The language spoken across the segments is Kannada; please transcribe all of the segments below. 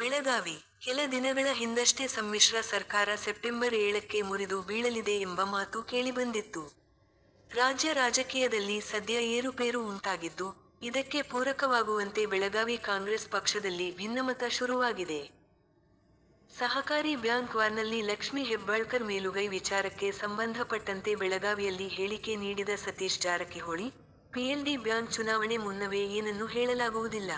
ಬೆಳಗಾವಿ: ಕೆಲ ದಿನಗಳ ಹಿಂದಷ್ಟೇ ಸಮ್ಮಿಶ್ರ ಸರ್ಕಾರ ಸೆಪ್ಟೆಂಬರ್ ಏಳಕ್ಕೆ ಮುರಿದು ಬೀಳಲಿದೆ ಎಂಬ ಮಾತು ಕೇಳಿಬಂದಿತ್ತು. ರಾಜ್ಯ ರಾಜಕೀಯದಲ್ಲಿ ಸದ್ಯ ಏರುಪೇರು ಉಂಟಾಗಿದ್ದು, ಇದಕ್ಕೆ ಪೂರಕವಾಗುವಂತೆ ಬೆಳಗಾವಿ ಕಾಂಗ್ರೆಸ್ ಪಕ್ಷದಲ್ಲಿ ಭಿನ್ನಮತ ಶುರುವಾಗಿದೆ. ಸಹಕಾರಿ ಬ್ಯಾಂಕ್ ವಾರ್ನಲ್ಲಿ ಲಕ್ಷ್ಮಿ ಹೆಬ್ಬಾಳ್ಕರ್ ಮೇಲುಗೈ ವಿಚಾರಕ್ಕೆ ಸಂಬಂಧಪಟ್ಟಂತೆ ಬೆಳಗಾವಿಯಲ್ಲಿ ಹೇಳಿಕೆ ನೀಡಿದ ಸತೀಶ್ ಜಾರಕಿಹೊಳಿ, ಪಿಎಲ್ಡಿ ಬ್ಯಾಂಕ್ ಚುನಾವಣೆ ಮುನ್ನವೇ ಏನನ್ನು ಹೇಳಲಾಗುವುದಿಲ್ಲ.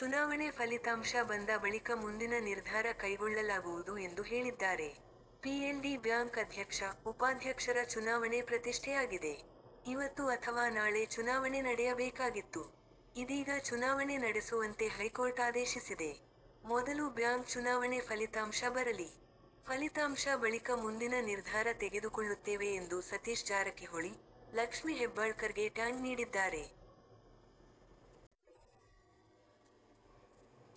ಚುನಾವಣೆ ಫಲಿತಾಂಶ ಬಂದ ಬಳಿಕ ಮುಂದಿನ ನಿರ್ಧಾರ ಕೈಗೊಳ್ಳಲಾಗುವುದು ಎಂದು ಹೇಳಿದ್ದಾರೆ. ಪಿಎಲ್ಡಿ ಬ್ಯಾಂಕ್ ಅಧ್ಯಕ್ಷ, ಉಪಾಧ್ಯಕ್ಷರ ಚುನಾವಣೆ ಪ್ರತಿಷ್ಠೆಯಾಗಿದೆ. ಇವತ್ತು ಅಥವಾ ನಾಳೆ ಚುನಾವಣೆ ನಡೆಯಬೇಕಾಗಿತ್ತು. ಇದೀಗ ಚುನಾವಣೆ ನಡೆಸುವಂತೆ ಹೈಕೋರ್ಟ್ ಆದೇಶಿಸಿದೆ. ಮೊದಲು ಬ್ಯಾಂಕ್ ಚುನಾವಣೆ ಫಲಿತಾಂಶ ಬರಲಿ. ಫಲಿತಾಂಶ ಬಳಿಕ ಮುಂದಿನ ನಿರ್ಧಾರ ತೆಗೆದುಕೊಳ್ಳುತ್ತೇವೆ ಎಂದು ಸತೀಶ್ ಜಾರಕಿಹೊಳಿ, ಲಕ್ಷ್ಮಿ ಹೆಬ್ಬಾಳ್ಕರ್ಗೆ ಟಾಂಗ್ ನೀಡಿದ್ದಾರೆ.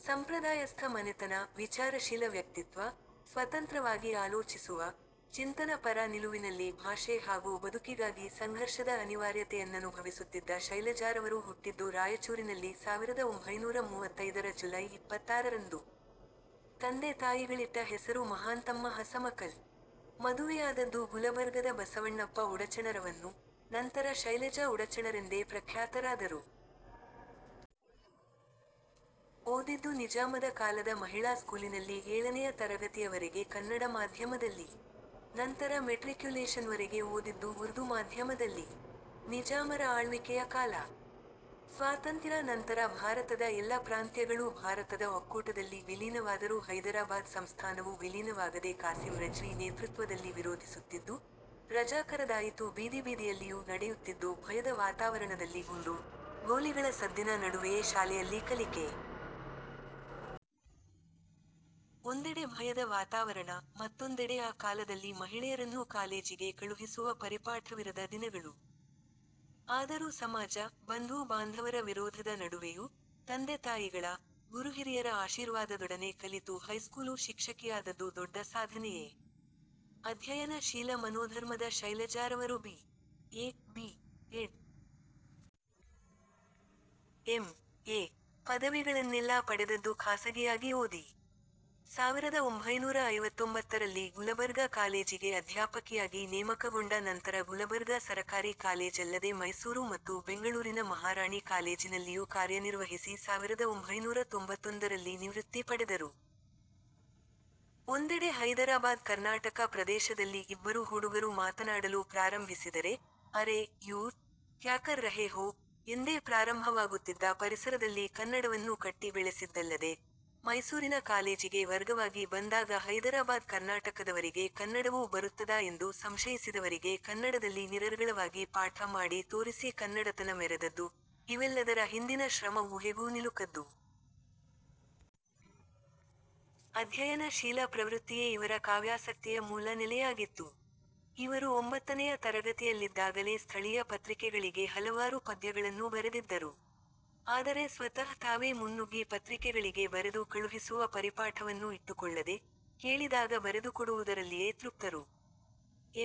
ಸಂಪ್ರದಾಯಸ್ಥ ಮನೆತನ, ವಿಚಾರಶೀಲ ವ್ಯಕ್ತಿತ್ವ, ಸ್ವತಂತ್ರವಾಗಿ ಆಲೋಚಿಸುವ, ಚಿಂತನ ಪರ ನಿಲುವಿನಲ್ಲಿ ಭಾಷೆ ಹಾಗೂ ಬದುಕಿಗಾಗಿ ಸಂಘರ್ಷದ ಅನಿವಾರ್ಯತೆಯನ್ನನುಭವಿಸುತ್ತಿದ್ದ ಶೈಲಜಾರವರು ಹುಟ್ಟಿದ್ದು ರಾಯಚೂರಿನಲ್ಲಿ ಸಾವಿರದ ಒಂಭೈನೂರ ಮೂವತ್ತೈದರ ಜುಲೈ ಇಪ್ಪತ್ತಾರರಂದು. ತಂದೆ ತಾಯಿಗಳಿಟ್ಟ ಹೆಸರು ಮಹಾಂತಮ್ಮ ಹಸಮಕಲ್. ಮದುವೆಯಾದದ್ದು ಗುಲಬರ್ಗದ ಬಸವಣ್ಣಪ್ಪ ಉಡಚಣರವನ್ನು, ನಂತರ ಶೈಲಜಾ ಉಡಚಣರೆಂದೇ ಪ್ರಖ್ಯಾತರಾದರು. ಓದಿದ್ದು ನಿಜಾಮದ ಕಾಲದ ಮಹಿಳಾ ಸ್ಕೂಲಿನಲ್ಲಿ ಏಳನೆಯ ತರಗತಿಯವರೆಗೆ ಕನ್ನಡ ಮಾಧ್ಯಮದಲ್ಲಿ. ನಂತರ ಮೆಟ್ರಿಕ್ಯುಲೇಷನ್ವರೆಗೆ ಓದಿದ್ದು ಉರ್ದು ಮಾಧ್ಯಮದಲ್ಲಿ. ನಿಜಾಮರ ಆಳ್ವಿಕೆಯ ಕಾಲ. ಸ್ವಾತಂತ್ಯ್ರಾ ನಂತರ ಭಾರತದ ಎಲ್ಲ ಪ್ರಾಂತ್ಯಗಳೂ ಭಾರತದ ಒಕ್ಕೂಟದಲ್ಲಿ ವಿಲೀನವಾದರೂ ಹೈದರಾಬಾದ್ ಸಂಸ್ಥಾನವು ವಿಲೀನವಾಗದೆ ಕಾಸಿಮ್ ರಜ್ವಿ ನೇತೃತ್ವದಲ್ಲಿ ವಿರೋಧಿಸುತ್ತಿದ್ದು, ರಜಾಕರದಾಯಿತು ಬೀದಿಬೀದಿಯಲ್ಲಿಯೂ ನಡೆಯುತ್ತಿದ್ದು ಭಯದ ವಾತಾವರಣದಲ್ಲಿ ಗುಂಡು, ಗೋಲಿಗಳ ಸದ್ದಿನ ನಡುವೆಯೇ ಶಾಲೆಯಲ್ಲಿ ಕಲಿಕೆ. ಒಂದೆಡೆ ಭಯದ ವಾತಾವರಣ, ಮತ್ತೊಂದೆಡೆ ಆ ಕಾಲದಲ್ಲಿ ಮಹಿಳೆಯರನ್ನೂ ಕಾಲೇಜಿಗೆ ಕಳುಹಿಸುವ ಪರಿಪಾಠವಿರದ ದಿನಗಳು. ಆದರೂ ಸಮಾಜ, ಬಂಧು ಬಾಂಧವರ ವಿರೋಧದ ನಡುವೆಯೂ, ತಂದೆತಾಯಿಗಳ, ಗುರುಹಿರಿಯರ ಆಶೀರ್ವಾದದೊಡನೆ ಕಲಿತು ಹೈಸ್ಕೂಲು ಶಿಕ್ಷಕಿಯಾದದ್ದು ದೊಡ್ಡ ಸಾಧನೆಯೆ. ಅಧ್ಯಯನ ಶೀಲ ಮನೋಧರ್ಮದ ಶೈಲಜಾರವರು B. A., B. Ed., M. A. ಪದವಿಗಳನ್ನೆಲ್ಲಾ ಪಡೆದದ್ದು ಖಾಸಗಿಯಾಗಿ ಓದಿ. ಸಾವಿರದ ಒಂಭೈನೂರ ಐವತ್ತೊಂಬತ್ತರಲ್ಲಿ ಗುಲಬರ್ಗಾ ಕಾಲೇಜಿಗೆ ಅಧ್ಯಾಪಕಿಯಾಗಿ ನೇಮಕಗೊಂಡ ನಂತರ ಗುಲಬರ್ಗಾ ಸರಕಾರಿ ಕಾಲೇಜ್ ಅಲ್ಲದೆ ಮೈಸೂರು ಮತ್ತು ಬೆಂಗಳೂರಿನ ಮಹಾರಾಣಿ ಕಾಲೇಜಿನಲ್ಲಿಯೂ ಕಾರ್ಯನಿರ್ವಹಿಸಿ ಸಾವಿರದ ಒಂಭೈನೂರ ತೊಂಬತ್ತೊಂದರಲ್ಲಿ ನಿವೃತ್ತಿ ಪಡೆದರು. ಒಂದೆಡೆ ಹೈದರಾಬಾದ್ ಕರ್ನಾಟಕ ಪ್ರದೇಶದಲ್ಲಿ ಇಬ್ಬರು ಹುಡುಗರು ಮಾತನಾಡಲು ಪ್ರಾರಂಭಿಸಿದರೆ 'ಅರೆ, ಯೂರ್, ಕ್ಯಾಕರ್ ರಹೆ ಹೋ' ಎಂದೇ ಪ್ರಾರಂಭವಾಗುತ್ತಿದ್ದ ಪರಿಸರದಲ್ಲಿ ಕನ್ನಡವನ್ನೂ ಕಟ್ಟಿ ಬೆಳೆಸಿದ್ದಲ್ಲದೆ, ಮೈಸೂರಿನ ಕಾಲೇಜಿಗೆ ವರ್ಗವಾಗಿ ಬಂದಾಗ ಹೈದರಾಬಾದ್ ಕರ್ನಾಟಕದವರಿಗೆ ಕನ್ನಡವೂ ಬರುತ್ತದಾ ಎಂದು ಸಂಶಯಿಸಿದವರಿಗೆ ಕನ್ನಡದಲ್ಲಿ ನಿರರ್ಗಳವಾಗಿ ಪಾಠ ಮಾಡಿ ತೋರಿಸಿ ಕನ್ನಡತನ ಮೆರೆದದ್ದು, ಇವೆಲ್ಲದರ ಹಿಂದಿನ ಶ್ರಮ ಊಹೆಗೂ ನಿಲುಕದ್ದು. ಅಧ್ಯಯನ ಶೀಲ ಪ್ರವೃತ್ತಿಯೇ ಇವರ ಕಾವ್ಯಾಸಕ್ತಿಯ ಮೂಲ ನೆಲೆಯಾಗಿತ್ತು. ಇವರು ಒಂಬತ್ತನೆಯ ತರಗತಿಯಲ್ಲಿದ್ದಾಗಲೇ ಸ್ಥಳೀಯ ಪತ್ರಿಕೆಗಳಿಗೆ ಹಲವಾರು ಪದ್ಯಗಳನ್ನೂ ಬರೆದಿದ್ದರು. ಆದರೆ ಸ್ವತಃ ತಾವೇ ಮುನ್ನುಗ್ಗಿ ಪತ್ರಿಕೆಗಳಿಗೆ ಬರೆದು ಕಳುಹಿಸುವ ಪರಿಪಾಠವನ್ನೂ ಇಟ್ಟುಕೊಳ್ಳದೆ, ಕೇಳಿದಾಗ ಬರೆದುಕೊಡುವುದರಲ್ಲಿಯೇ ತೃಪ್ತರು.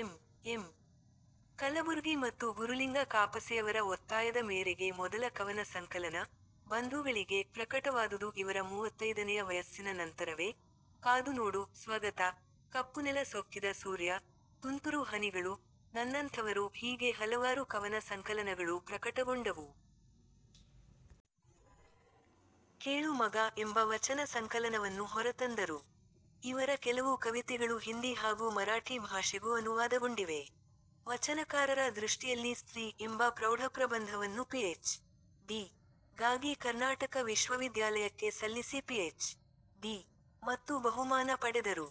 ಎಂ.ಎಂ.ಕಲಬುರ್ಗಿ ಮತ್ತು ಗುರುಲಿಂಗ ಕಾಪಸೆಯವರ ಒತ್ತಾಯದ ಮೇರೆಗೆ ಮೊದಲ ಕವನ ಸಂಕಲನ 'ಬಂಧುಗಳಿಗೆ' ಪ್ರಕಟವಾದುದು ಇವರ ಮೂವತ್ತೈದನೆಯ ವಯಸ್ಸಿನ ನಂತರವೇ 'ಕಾದುನೋಡು' 'ಸ್ವಗತ', 'ಕಪ್ಪುನೆಲ ಸೊಕ್ಕಿದ ಸೂರ್ಯ', 'ತುಂತುರು ಹನಿಗಳು', 'ನನ್ನಂಥವರು' ಹೀಗೆ ಹಲವಾರು ಕವನ ಸಂಕಲನಗಳು ಪ್ರಕಟಗೊಂಡವು. 'ಕೇಳು ಮಗಾ' ಎಂಬ ವಚನ ಸಂಕಲನವನ್ನು ಹೊರತಂದರು. ಇವರ ಕೆಲವು ಕವಿತೆಗಳು ಹಿಂದಿ ಹಾಗೂ ಮರಾಠಿ ಭಾಷೆಗೂ ಅನುವಾದಗೊಂಡಿವೆ. 'ವಚನಕಾರರ ದೃಷ್ಟಿಯಲ್ಲಿ ಸ್ತ್ರೀ' ಎಂಬ ಪ್ರೌಢಪ್ರಬಂಧವನ್ನು ಪಿಎಚ್. ಡಿ. ಗಾಗಿ ಕರ್ನಾಟಕ ವಿಶ್ವವಿದ್ಯಾಲಯಕ್ಕೆ ಸಲ್ಲಿಸಿ ಪಿಎಚ್. ಡಿ. ಮತ್ತು ಬಹುಮಾನ ಪಡೆದರು.